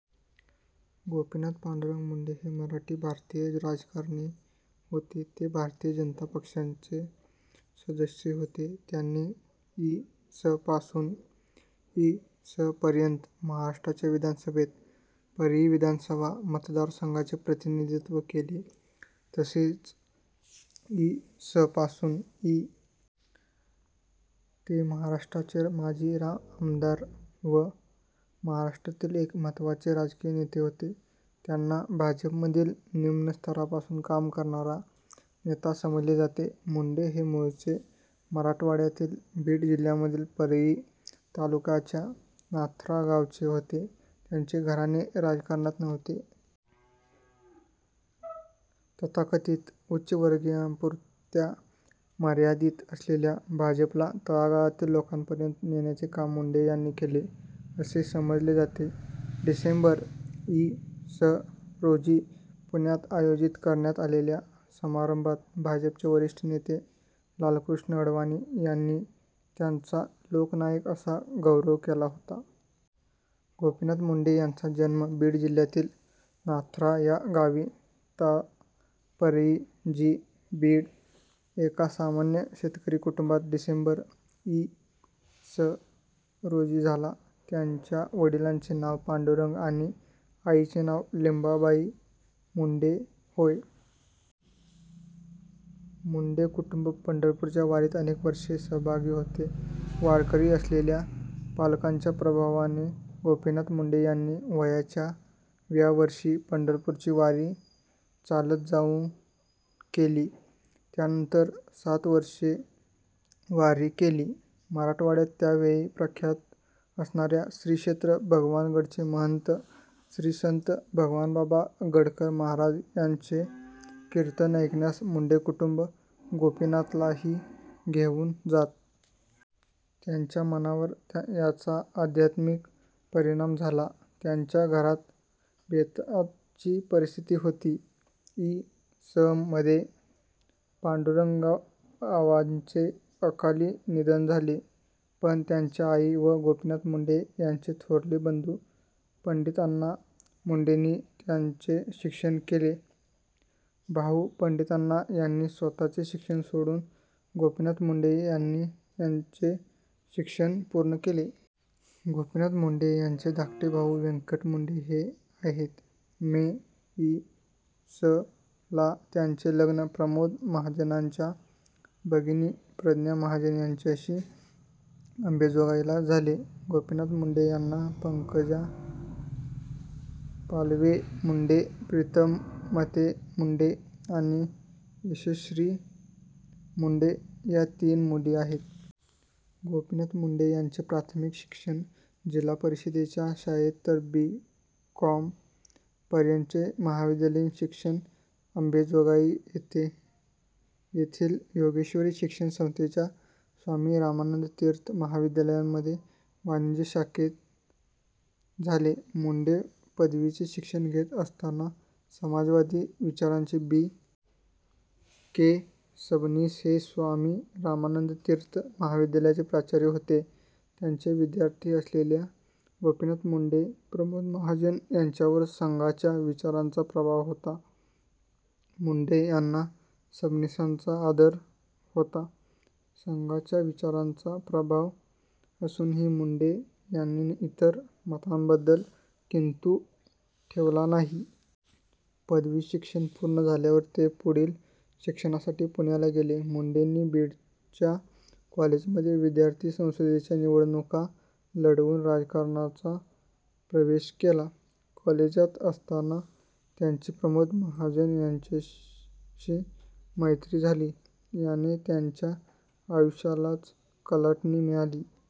गोपीनाथ पांडुरंग मुंडे हे मराठी, भारतीय राजकारणी होते. ते भारतीय जनता पक्षाचे सदस्य होते. त्यांनी इ. स. पासून इ. स. पर्यंत महाराष्ट्राच्या विधानसभेत परळी विधानसभा मतदारसंघाचे प्रतिनिधित्व केले तसेच इ. स. पासून इ. ते महाराष्ट्राचे माजी आमदार व महाराष्ट्रातील एक महत्त्वाचे राजकीय नेते होते. त्यांना भाजपमधील निम्न स्तरापासून काम करणारा नेता समजले जाते. मुंडे हे मूळचे मराठवाड्यातील बीड जिल्ह्यामधील परळी तालुक्याच्या नाथ्रा गावचे होते. त्यांचे घराणे राजकारणात नव्हते. तथाकथित उच्चवर्गीयांपुरत्या मर्यादित असलेल्या भाजपला तळागाळातील लोकांपर्यंत नेण्याचे काम मुंडे यांनी केले, असे समजले जाते. डिसेंबर, इ. स. रोजी पुण्यात आयोजित करण्यात आलेल्या समारंभात भाजपचे वरिष्ठ नेते लालकृष्ण अडवाणी यांनी त्यांचा लोकनायक असा गौरव केला होता. गोपीनाथ मुंडे यांचा जन्म बीड जिल्ह्यातील नाथ्रा या गावी ता. परळी, जि. बीड एका सामान्य शेतकरी कुटुंबात डिसेंबर, इ. स. रोजी झाला. त्यांच्या वडिलांचे नाव पांडुरंग आणि आईचे नाव लिंबाबाई मुंडे होय. मुंडे कुटुंब पंढरपूरच्या वारीत अनेक वर्षे सहभागी होते. वारकरी असलेल्या पालकांच्याप्रभावाने गोपीनाथ मुंडे यांनी वयाच्या व्या वर्षी पंढरपूरची वारी चालत जाऊन केली. त्यानंतर सात वर्षे वारी केली. मराठवाड्यात त्या वेळी प्रख्यात असणाऱ्या श्रीक्षेत्र भगवानगडचे महंत श्री संत भगवानबाबा गडकर महाराज यांचे कीर्तन ऐकण्यास मुंडे कुटुंब गोपीनाथलाही घेऊन जात. त्यांच्या मनावर याचा आध्यात्मिक परिणाम झाला. त्यांच्या घरात बेताची परिस्थिती होती. इ. स. मध्ये पांडुरंगरावांचे अकाली निधन झाले, पण त्यांच्या आई व गोपीनाथ मुंडे यांचे थोरले बंधू पंडितअण्णा मुंडेनी त्यांचे शिक्षण केले. भाऊ पंडितअण्णा यांनी स्वतःचे शिक्षण सोडून गोपीनाथ मुंडे यांनी यांचे शिक्षण पूर्ण केले. गोपीनाथ मुंडे यांचे धाकटे भाऊ व्यंकट मुंडे हे आहेत. मे, इ. स. ला त्यांचे लग्न प्रमोद महाजनांच्या भगिनी प्रज्ञा महाजन यांच्याशी आंबेजोगाईला झाले. गोपीनाथ मुंडे यांना पंकजा पालवे -मुंडे, प्रीतम मते-मुंडे आणि यशश्री मुंडे या तीन मुली आहेत. गोपीनाथ मुंडे यांचे प्राथमिक शिक्षण जिल्हापरिषदेच्या शाळेत तर बी. कॉम. पर्यंतचे महाविद्यालयीन शिक्षण आंबेजोगाई येथे येथील योगेश्वरी शिक्षण संस्थेच्या स्वामी रामानंद तीर्थ महाविद्यालयामध्ये वाणिज्य शाखेते झाले. मुंडे पदवीचे शिक्षण घेत असताना समाजवादी विचारांचे बी. के. सबनीस हे स्वामी रामानंद तीर्थ महाविद्यालयाचे प्राचार्य होते. त्यांचे विद्यार्थी असलेल्या गोपीनाथ मुंडे, प्रमोद महाजन यांच्यावर संघाच्या विचारांचा प्रभाव होता. मुंडे यांना सबनीसांचा आदर होता. संघाच्या विचारांचा प्रभाव असूनही मुंडे यांनी इतर मतांबद्दल किंतु ठेवला नाही. पदवीशिक्षण पूर्ण झाल्यावर ते पुढील शिक्षणासाठी पुण्याला गेले. मुंडेंनी बीडच्या कॉलेजमध्ये विद्यार्थी संसदेच्या निवडणुका लढवून राजकारणाचा प्रवेश केला. कॉलेजात असतांना त्यांची प्रमोद महाजन यांच्याशी मैत्री झाली. याने त्यांच्या आयुष्यालाच कलाटणी मिळाली.